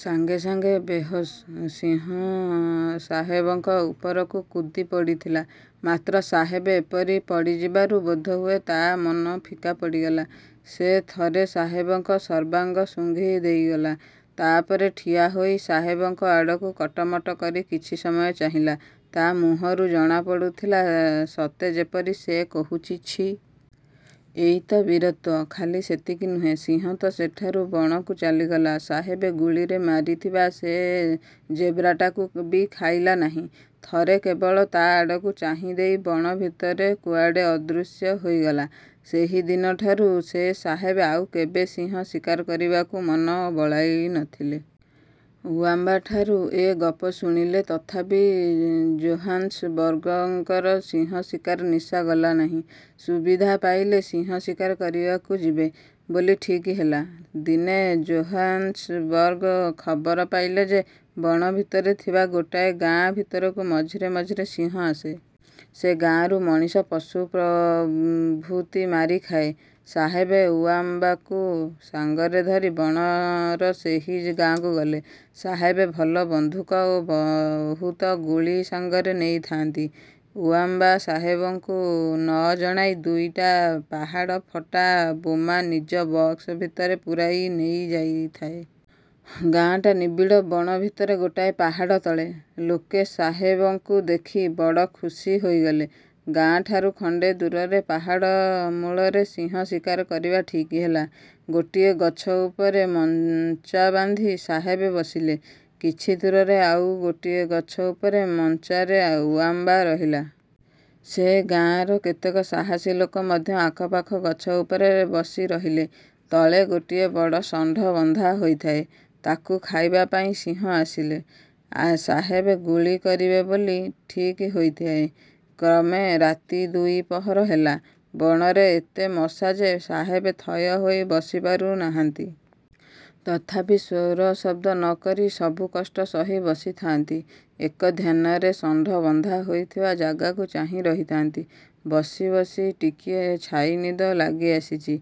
ସାଙ୍ଗେସାଙ୍ଗେ ବେହୋସ। ସିଂହ ସାହେବଙ୍କ ଉପରକୁ କୁଦି ପଡ଼ିଥିଲା; ମାତ୍ର ସାହେବ ଏପରି ପଡ଼ିଯିବାରୁ ବୋଧହୁଏ ତା' ମନ ଫିକା ପଡ଼ିଗଲା। ସେ ଥରେ ସାହେବଙ୍କ ସର୍ବାଙ୍ଗ ଶୁଙ୍ଘି ଦେଇଗଲା, ତା'ପରେ ଠିଆହୋଇ ସାହେବଙ୍କ ଆଡ଼କୁ କଟମଟ କରି କିଛି ସମୟ ଚାହିଁଲା। ତା' ମୁହଁରୁ ଜଣାପଡ଼ୁଥିଲା, ସତେ ଯେପରି ସେ କହୁଛି, 'ଛି! ଏଇ ତ ବୀରତ୍ୱ! ' ଖାଲି ସେତିକି ନୁହେଁ। ସିଂହ ତ ସେଠାରୁ ବଣକୁ ଚାଲିଗଲା। ସାହେବ ଗୁଳିରେ ମାରିଥିବା ସେ ଜେବ୍ରାଟାକୁ ବି ଖାଇଲା ନାହିଁ। ଥରେ କେବଳ ତା' ଆଡ଼କୁ ଚାହିଁଦେଇ ବଣ ଭିତରେ କୁଆଡ଼େ ଅଦୃଶ୍ୟ ହୋଇଗଲା। ସେହିଦିନଠାରୁ ସେ ସାହେବ ଆଉ କେବେ ସିଂହ ଶିକାର କରିବାକୁ ମନ ବଳାଇ ନ ଥିଲେ। ଉଆମ୍ବାଠାରୁ ଏ ଗପ ଶୁଣିଲେ, ତଥାପି ଜୋହାନ୍ସବର୍ଗଙ୍କର ସିଂହ ଶିକାର ନିଶା ଗଲା ନାହିଁ। ସୁବିଧା ପାଇଲେ ସିଂହ ଶିକାର କରିବାକୁ ଯିବେ ବୋଲି ଠିକ୍ ହେଲା। ଦିନେ ଜୋହାନ୍ସବର୍ଗ ଖବର ପାଇଲେ ଯେ, ବଣ ଭିତରେ ଥିବା ଗୋଟାଏ ଗାଁ ଭିତରକୁ ମଝିରେ ମଝିରେ ସିଂହ ଆସେ। ସେ ଗାଁରୁ ମଣିଷ, ପଶୁ ପ୍ରଭୁତି ମାରି ଖାଏ। ସାହେବ ଉଆମ୍ବାକୁ ସାଙ୍ଗରେ ଧରି ବଣର ସେହି ଗାଁକୁ ଗଲେ। ସାହେବ ଭଲ ବନ୍ଧୁକ ଓ ବହୁତ ଗୁଳି ସାଙ୍ଗରେ ନେଇଥାଆନ୍ତି। ଉଆମ୍ବା ସାହେବଙ୍କୁ ନ ଜଣାଇ ଦୁଇଟା ପାହାଡ଼ ଫଟା ବୋମା ନିଜ ବକ୍ସ ଭିତରେ ପୂରାଇ ନେଇଯାଇଥାଏ। ଗାଆଁଟା ନିବିଡ଼ ବଣ ଭିତରେ ଗୋଟାଏ ପାହାଡ଼ ତଳେ। ଲୋକେ ସ। ହେବଙ୍କୁ ଦେଖି ବଡ଼ ଖୁସି ହୋଇଗଲେ। ଗାଁ ଠାରୁ ଖଣ୍ଡେଦୂରରେ ପାହାଡ଼ମୂଳରେ ସିଂହ ଶିକାର କରିବା ଠିକ୍ ହେଲା। ଗୋଟିଏ ଗଛ ଉପରେ ମଞ୍ଚା ବାନ୍ଧି ସାହେବ ବସିଲେ। କିଛି ଦୂରରେ ଆଉ ଗୋଟିଏ ଗଛ ଉପରେ ମଞ୍ଚାରେ ଉଆମ୍ବା ରହିଲା। ସେ ଗାଆଁର କେତେକ ସାହସୀ ଲୋକ ମଧ୍ୟ ଆଖପାଖ ଗଛ ଉପରେ ବସିରହିଲେ। ତଳେ ଗୋଟିଏ ବଡ଼ ଷଣ୍ଢ ବନ୍ଧା ହୋଇଥାଏ। ତାକୁ ଖାଇବା ପାଇଁ ସିଂହ ଆସିଲେ, ସାହେବ ଗୁଳି କରିବେ ବୋଲି ଠିକ୍ ହୋଇଥାଏ। କ୍ରମେ ରାତି ଦୁଇ ପହର ହେଲା। ବଣରେ ଏତେ ମଶା ଯେ, ସାହେବ ଥୟ ହୋଇ ବସିପାରୁନାହାନ୍ତି।। ତଥାପି ସ୍ୱରଶବ୍ଦ ନ କରି ସବୁ କଷ୍ଟ ସହି ବସିଥାଆନ୍ତି। ଏକଧ୍ୟାନରେ ଷଣ୍ଢ ବନ୍ଧା ହୋଇଥିବା ଜାଗାକୁ ଚାହିଁ ରହିଥାଆନ୍ତି। ବସି ବସି ଟିକିଏ ଛାଇଦିନ ଲାଗିଆସିଛି;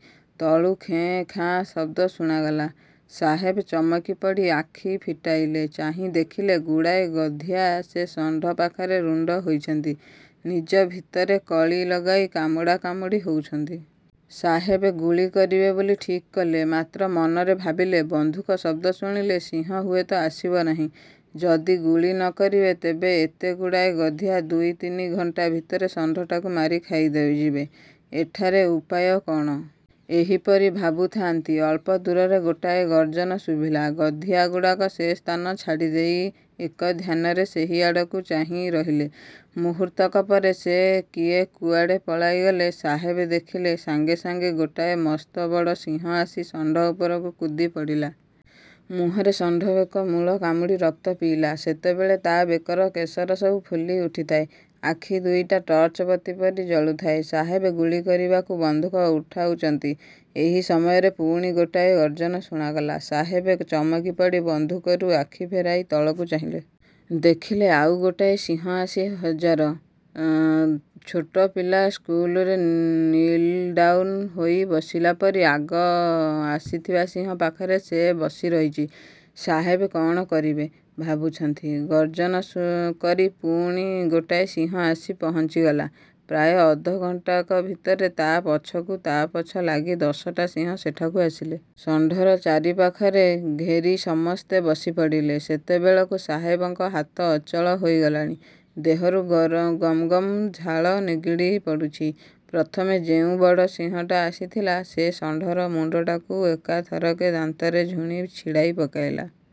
ତଳୁ ଖେଁ ଖାଁ ଶବ୍ଦ ଶୁଣାଗଲା। ସାହେବ ଚମକି ପଡ଼ି ଆଖି ଫିଟାଇଲେ। ଚାହିଁ ଦେଖିଲେ, ଗୁଡ଼ାଏ ଗଧିଆ ସେ ଷଣ୍ଢ ପାଖରେ ରୁଣ୍ଡ ହୋଇଛନ୍ତି; ନିଜ ଭିତରେ କଳି ଲଗାଇ କାମୁଡ଼ା କାମୁଡ଼ି ହେଉଛନ୍ତି। ସାହେବ ଗୁଳି କରିବେ ବୋଲି ଠିକ୍ କଲେ; ମାତ୍ର ମନରେ ଭାବିଲେ, ବନ୍ଧୁକ ଶବ୍ଦ ଶୁଣିଲେ ସିଂହ ହୁଏତ ଆସିବ ନାହିଁ। ଯଦି ଗୁଳି ନ କରିବେ, ତେବେ ଏତେଗୁଡ଼ାଏ ଗଧିଆ ଦୁଇ ତିନି ଘଣ୍ଟା ଭିତରେ ଷଣ୍ଢଟାକୁ ମାରି ଖାଇଯିବେ। ଏଠାରେ ଉପାୟ କଅଣ? ଏହିପରି ଭାବୁଥାଆନ୍ତି, ଅଳ୍ପ ଦୂରରେ ଗୋଟାଏ ଗର୍ଜନ ଶୁଭିଲା। ଗଧିଆଗୁଡ଼ାକ ସେ ସ୍ଥାନ ଛାଡ଼ିଦେଇ ଏକଧ୍ୟାନରେ ସେହି ଆଡ଼କୁ ଚାହିଁ ରହିଲେ। ମୁହୂର୍ତ୍ତକ ପରେ କିଏ କୁଆଡ଼େ ପଳାଇଗଲେ। ସାହେବ ଦେଖିଲେ, ସାଙ୍ଗେ ସାଙ୍ଗେ ଗୋଟାଏ ମସ୍ତ ବଡ଼ ସିଂହ ଆସି ଷଣ୍ଢ ଉପରକୁ କୁଦି ପଡ଼ିଲା। ମୁହଁରେ ଷଣ୍ଢ ବେକ ମୂଳ କାମୁଡ଼ି ରକ୍ତ ପିଇଲା। ସେତେବେଳେ ତା' ବେକର କେଶରସବୁ ଫୁଲି ଉଠିଥାଏ, ଆଖି ଦୁଇଟା ଟର୍ଚ୍ଚବତୀ ପରି ଜଳୁଥାଏ। ସାହେବ ଗୁଳି କରିବାକୁ ବନ୍ଧୁକ ଉଠାଉଚନ୍ତି, ଏହି ସମୟରେ ପୁଣି ଗୋଟାଏ ଗର୍ଜନ ଶୁଣାଗଲା। ସାହେବ ଚମକି ପଡ଼ି ବନ୍ଧୁକରୁ ଆଖି ଫେରାଇ ତଳକୁ ଚାହିଁଲେ। ଦେଖିଲେ, ଆଉ ଗୋଟାଏ ସିଂହ ଆସି ହଜାର। ଛୋଟ ପିଲା ସ୍କୁଲରେ 'ନୀଲ ଡାଉନ ' ହୋଇ ବସିଲା ପରି ଆଗ ଆସିଥିବା ସିଂହ ପାଖରେ ସେ ବସିରହିଛି। ସାହେବ କଅଣ କରିବେ ଭାବୁଛନ୍ତି-ଗର୍ଜନ କରି ପୁଣି ଗୋଟାଏ ସିଂହ ଆସି ପହଞ୍ଚିଗଲା। ପ୍ରାୟ ଅଧଘଣ୍ଟାକ ଭିତରେ ତା' ପଛକୁ ତା' ପଛ ଲାଗି ଦଶଟା ସିଂହ ସେଠାକୁ ଆସିଲେ-। ଷଣ୍ଢର ଚାରିପାଖରେ ଘେରି ସମସ୍ତେ ବସିପଡ଼ିଲେ। ସେତେବେଳକୁ ସାହେବଙ୍କ ହାତ ଅଚଳ ହୋଇଗଲାଣି। ଦେହରୁ ଗମଗମ ଝାଳ ନିଗିଡ଼ି ପଡ଼ୁଛି। ପ୍ରଥମେ ଯେଉଁ ବଡ଼ ସିଂହଟା ଆସିଥିଲା, ସେ ଷଣ୍ଢର ମୁଣ୍ଡଟାକୁ ଏକାଥରକେ ଦାନ୍ତରେ ଝୁଣି ଛିଡ଼ାଇ ପକାଇଲ।